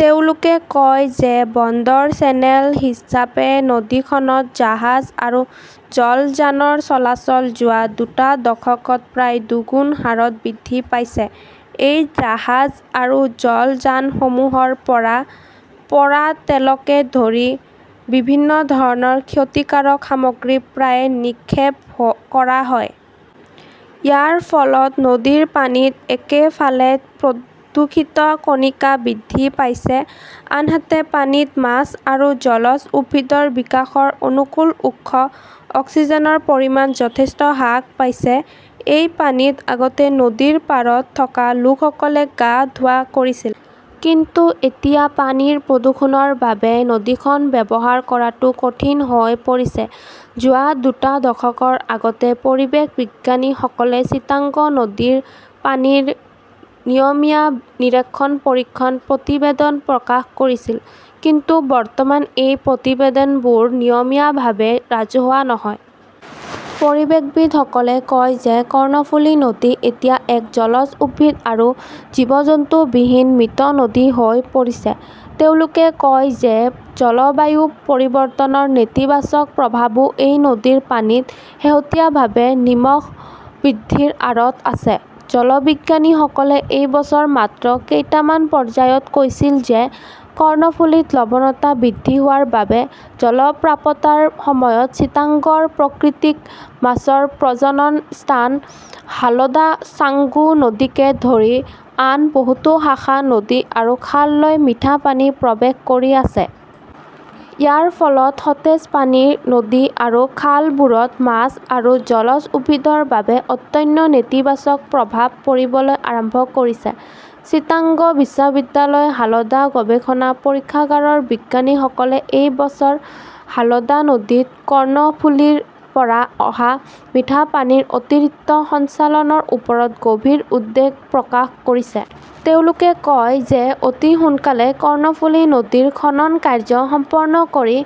তেওঁলোকে কয় যে বন্দৰ চেনেল হিচাপে নদীখনত জাহাজ আৰু জলযানৰ চলাচল যোৱা দুটা দশকত প্ৰায় দুগুণ হাৰত বৃদ্ধি পাইছে। এই জাহাজ আৰু জলযানসমূহৰ পৰা পোৰা তেলকে ধৰি বিভিন্ন ধৰণৰ ক্ষতিকাৰক সামগ্ৰী প্ৰায়ে নিক্ষেপ কৰা হয়। ইয়াৰ ফলত নদীৰ পানীত একেফালে প্ৰদূষিত কণিকা বৃদ্ধি পাইছে, আনহাতে পানীত মাছ আৰু জলজ উদ্ভিদৰ বিকাশৰ অনুকূল উৎস অক্সিজেনৰ পৰিমাণ যথেষ্ট হ্ৰাস পাইছে। এই পানীত আগতে নদীৰ পাৰত থকা লোকসকলে গা ধোৱা কৰিছিল। কিন্তু এতিয়া পানীৰ প্ৰদূষণৰ বাবে নদীখন ব্যৱহাৰ কৰাটো কঠিন হৈ পৰিছে। যোৱা দুটা দশকৰ আগতে পৰিৱেশ বিজ্ঞানীসকলে চিটাগং নদীৰ পানীৰ নিয়মীয়া নিৰীক্ষণ পৰীক্ষাৰ প্ৰতিবেদন প্ৰকাশ কৰিছিল। কিন্তু বৰ্তমান এই প্ৰতিবেদনবোৰো নিয়মীয়াভাৱে ৰাজহুৱা নহয়। পৰিৱেশবিদসকলে কয় যে কৰ্ণফুলি নদী এতিয়া এক জলজ উদ্ভিদ আৰু জীৱ-জন্তুবিহীন মৃত নদী হৈ পৰিছে। তেওঁলোকে কয় যে জলবায়ু পৰিৱৰ্তনৰ নেতিবাচক প্ৰভাৱো এই নদীৰ পানীত শেহতীয়াভাৱে নিমখ বৃদ্ধিৰ আঁৰত আছে। জলবিজ্ঞানীসকলে এই বছৰ মাত্ৰ কেইটামান পৰ্যায়ত কৈছিল যে কৰ্ণফুলীত লৱণতা বৃদ্ধি হোৱাৰ বাবে জলপ্ৰপাতৰ সময়ত চিটাগংৰ প্ৰাকৃতিক মাছৰ প্ৰজনন স্থান হালদা, ছাংগু নদীকে ধৰি আন বহুতো শাখা নদী আৰু খাললৈ মিঠা পানী প্ৰৱেশ কৰি আছে। ইয়াৰ ফলত সতেজ পানীৰ নদী আৰু খালবোৰত মাছ আৰু জলজ উদ্ভিদৰ বাবে অত্যন্ত নেতিবাচক প্ৰভাৱ পৰিবলৈ আৰম্ভ কৰিছে। চিটাগং বিশ্ববিদ্যালয়ৰ হালদা গৱেষণা পৰীক্ষাগাৰৰ বিজ্ঞানীসকলে এই বছৰ হালদা নদীত কৰ্ণফুলিৰ পৰা অহা মিঠা পানীৰ অতিৰিক্ত সঞ্চালনৰ ওপৰত গভীৰ উদ্বেগ প্ৰকাশ কৰিছে। তেওঁলোকে কয় যে অতি সোনকালেই কৰ্ণফুলি নদীৰ খনন কাৰ্য্য সম্পন্ন কৰি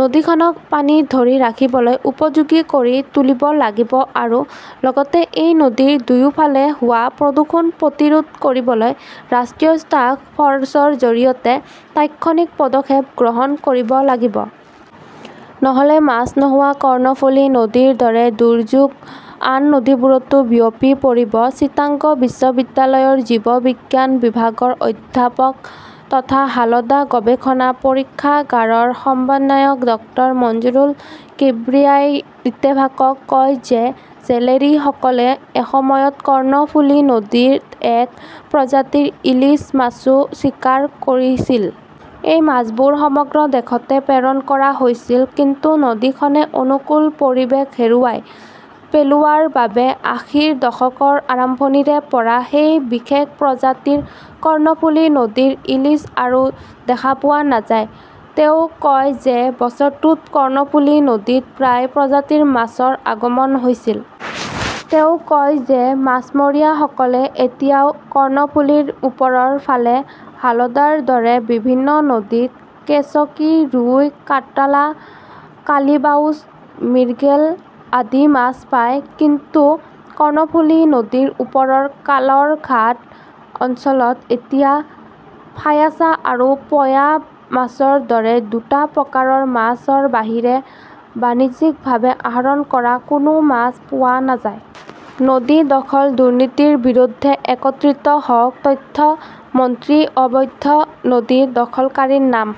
নদীখনক পানী ধৰি ৰাখিবলৈ উপযোগী কৰি তুলিব লাগিব আৰু লগতে এই নদীৰ দুয়োফালে হোৱা প্ৰদূষণ প্ৰতিৰোধ কৰিবলৈ ৰাষ্ট্ৰীয় টাস্ক ফৰ্চৰ জৰিয়তে তাৎক্ষণিক পদক্ষেপ গ্ৰহণ কৰিব লাগিব। নহ'লে মাছ নোহোৱা কৰ্ণফুলি নদীৰ দৰে দুৰ্যোগ আন নদীবোৰতো বিয়পি পৰিব। চিটাগং বিশ্ববিদ্যালয়ৰ জীৱবিজ্ঞান বিভাগৰ অধ্যাপক তথা হালদা গৱেষণা পৰীক্ষাগাৰৰ সমন্বয়ক ডাঃ মঞ্জুৰুল কিব্ৰিয়াই ইত্তেফাকক কয় যে জেলেৰীসকলে এসময়ত কৰ্ণফুলি নদীত এক প্ৰজাতিৰ ইলিছ মাছও চিকাৰ কৰিছিল। এই মাছবোৰ সমগ্ৰ দেশতে প্ৰেৰণ কৰা হৈছিল। কিন্তু নদীখনে অনুকূল পৰিৱেশ হেৰুৱাই পেলোৱাৰ বাবে আশীৰ দশকৰ আৰম্ভণিৰে পৰা সেই বিশেষ প্ৰজাতিৰ কৰ্ণফুলি নদীৰ ইলিছ আৰু দেখা পোৱা নাযায়। তেওঁ কয় যে বছৰটোত কৰ্ণফুলি নদীত প্ৰায় প্ৰজাতিৰ মাছৰ আগমন হৈছিল। তেওঁ কয় যে মাছমৰীয়াসকলে এতিয়াও কৰ্ণফুলিৰ ওপৰৰ ফালে হালদাৰ দৰে বিভিন্ন নদীত কেচকি, ৰুই, কাটাল, কালিবাউছ, মিৰ্গেল আদি মাছ পায়। কিন্তু কৰ্ণফুলি নদীৰ ওপৰৰ কালৰঘাট অঞ্চলত এতিয়া ফায়াছা আৰু পোয়া মাছৰ দৰে দুটা প্ৰকাৰৰ মাছৰ বাহিৰে বাণিজ্যিকভাৱে আহৰণ কৰা কোনো মাছ পোৱা নাযায়। নদী দখল-দুৰ্নীতিৰ বিৰুদ্ধে একত্ৰিত হওক । তথ্য মন্ত্ৰী অবৈধ নদী দখলকাৰীৰ নাম